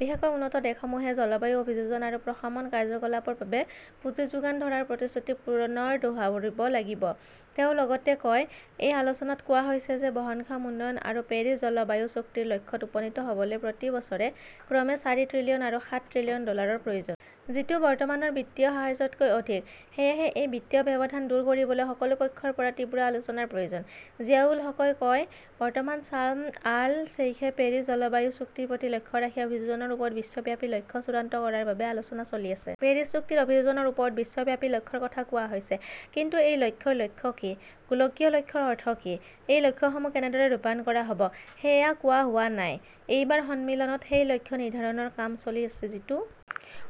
বিশেষকৈ, উন্নত দেশসমূহে জলবায়ু অভিযোজন আৰু প্ৰশমন কাৰ্যকলাপৰ বাবে পুঁজি যোগান ধৰাৰ প্ৰতিশ্ৰুতি পুনৰ দোহাৰিব লাগিব ", তেওঁ লগতে কয়", এই আলোচনাত কোৱা হৈছে যে বহনক্ষম উন্নয়ন আৰু পেৰিছ জলবায়ু চুক্তিৰ লক্ষ্যত উপনীত হ'বলৈ প্ৰতি বছৰে ক্ৰমে চাৰি ত্ৰিলিয়ন আৰু সাত ত্ৰিলিয়ন ডলাৰৰ প্ৰয়োজন। যিটো বৰ্তমানৰ বিত্তীয় সাহায্যতকৈ অধিক। সেয়েহে এই বিত্তীয় ব্যৱধান দূৰ কৰিবলৈ সকলো পক্ষৰ পৰা তীব্ৰ আলোচনাৰ প্ৰয়োজন ", জিয়াউল হকই কয়", বৰ্তমান চাৰ্ম আল শ্বেইখে পেৰিছ জলবায়ু চুক্তিৰ প্ৰতি লক্ষ্য ৰাখি অভিযোজনৰ ওপৰত বিশ্বব্যাপী লক্ষ্য চূড়ান্ত কৰাৰ বাবে আলোচনা চলি আছে। পেৰিছ চুক্তিত অভিযোজনৰ ওপৰত বিশ্বব্যাপী লক্ষ্যৰ কথা কোৱা হৈছে। কিন্তু এই লক্ষ্যৰ লক্ষ্য কি, গোলকীয় লক্ষ্যৰ অৰ্থ কি, এই লক্ষ্যসমূহ কেনেদৰে ৰূপায়ণ কৰা হ'ব সেয়া কোৱা হোৱা নাই। "এইবাৰ সন্মিলনত সেই লক্ষ্য নিৰ্ধাৰণৰ কাম চলি আছে।"যিটো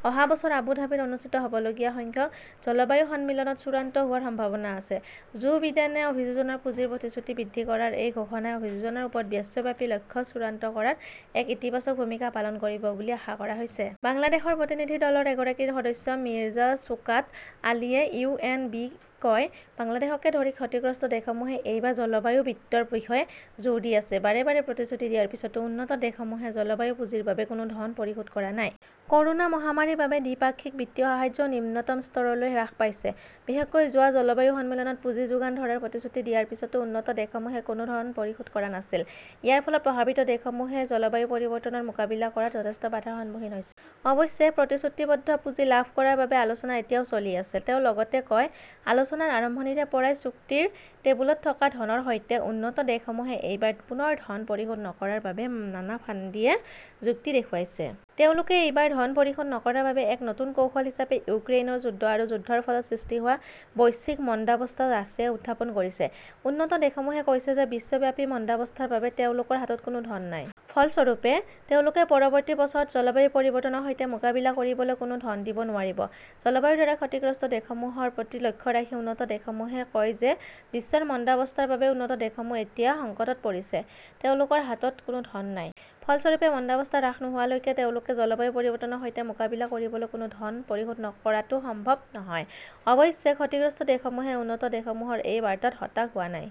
অহা বছৰ আবু ধাবীত অনুষ্ঠিত হ'বলগীয়া সংখ্যক জলবায়ু সন্মিলনত চূড়ান্ত হোৱাৰ সম্ভাৱনা আছে। জো বিডেনে অভিযোজন পুঁজিৰ প্ৰতিশ্ৰুতি বৃদ্ধি কৰাৰ এই ঘোষণাই অভিযোজনৰ ওপৰত বিশ্বব্যাপী লক্ষ্য চূড়ান্ত কৰাত এক ইতিবাচক ভূমিকা পালন কৰিব বুলি আশা কৰা হৈছে। বাংলাদেশৰ প্ৰতিনিধি দলৰ এগৰাকী সদস্য মিৰ্জা শ্বোকাত আলীয়ে ইউ. এন. বি. -ক কয়, "বাংলাদেশকে ধৰি ক্ষতিগ্ৰস্ত দেশসমূহে এইবাৰ জলবায়ু বিত্তৰ বিষয়ে জোৰ দি আছে। বাৰে বাৰে প্ৰতিশ্ৰুতি দিয়াৰ পিছতো উন্নত দেশসমূহে জলবায়ু পুঁজিৰ বাবে কোনো ধন পৰিশোধ কৰা নাই। ক'ৰোনা মহামাৰীৰ বাবে দ্বিপাক্ষিক বিত্তীয় সাহায্যও নিম্নতম স্তৰলৈ হ্ৰাস পাইছে। বিশেষকৈ যোৱা জলবায়ু সন্মিলনত পুঁজি যোগান ধৰাৰ প্ৰতিশ্ৰুতি দিয়াৰ পিছতো উন্নত দেশসমূহে কোনো ধন পৰিশোধ কৰা নাছিল। ইয়াৰ ফলত প্ৰভাৱিত দেশসমূহে জলবায়ু পৰিৱৰ্তনৰ মোকাবিলা কৰাত যথেষ্ট বাধাৰ সন্মুখীন হৈছে। অৱশ্যে, প্ৰতিশ্ৰুতিবদ্ধ পুঁজি লাভ কৰাৰ বাবে আলোচনা এতিয়াও চলি আছে। "তেওঁ লগতে কয়", আলোচনাৰ আৰম্ভণিৰে পৰাই চুক্তিৰ টেবুলত থকা ধনৰ সৈতে, উন্নত দেশসমূহে এইবাৰ পুনৰ ধন পৰিশোধ নকৰাৰ বাবে নানা ফাণ্ডীয়ে যুক্তি দেখুৱাইছে। তেওঁলোকে এইবাৰ ধন পৰিশোধ নকৰাৰ বাবে এক নতুন কৌশল হিচাপে ইউক্ৰেইনৰ যুদ্ধ আৰু যুদ্ধৰ ফলত সৃষ্টি হোৱা বৈশ্বিক মন্দাৱস্থা ৰাছিয়াই উত্থাপন কৰিছে। "উন্নত দেশসমূহে কৈছে যে বিশ্বব্যাপী মন্দাৱস্থাৰ বাবে তেওঁলোকৰ হাতত কোনো ধন নাই। "ফলস্বৰূপে, তেওঁলোকে পৰৱৰ্তী বছৰত জলবায়ু পৰিৱৰ্তনৰ সৈতে মোকাবিলা কৰিবলৈ কোনো ধন দিব নোৱাৰিব। জলবায়ুৰ দ্বাৰা ক্ষতিগ্ৰস্ত দেশসমূহৰ প্ৰতি লক্ষ্য ৰাখি উন্নত দেশসমূহে কয় যে বিশ্বৰ মন্দাৱস্থাৰ বাবে উন্নত দেশসমূহ এতিয়া সংকটত পৰিছে। তেওঁলোকৰ হাতত কোনো ধন নাই। ফলস্বৰূপে মন্দাৱস্থা হ্ৰাস নোহোৱালৈকে তেওঁলোকে জলবায়ু পৰিৱৰ্তনৰ সৈতে মোকাবিলা কৰিবলৈ কোনো ধন পৰিশোধ কৰাটো সম্ভৱ নহয়। অৱশ্যে, ক্ষতিগ্ৰস্ত দেশসমূহে উন্নত দেশসমূহৰ এই বাৰ্তাত হতাশ হোৱা নাই।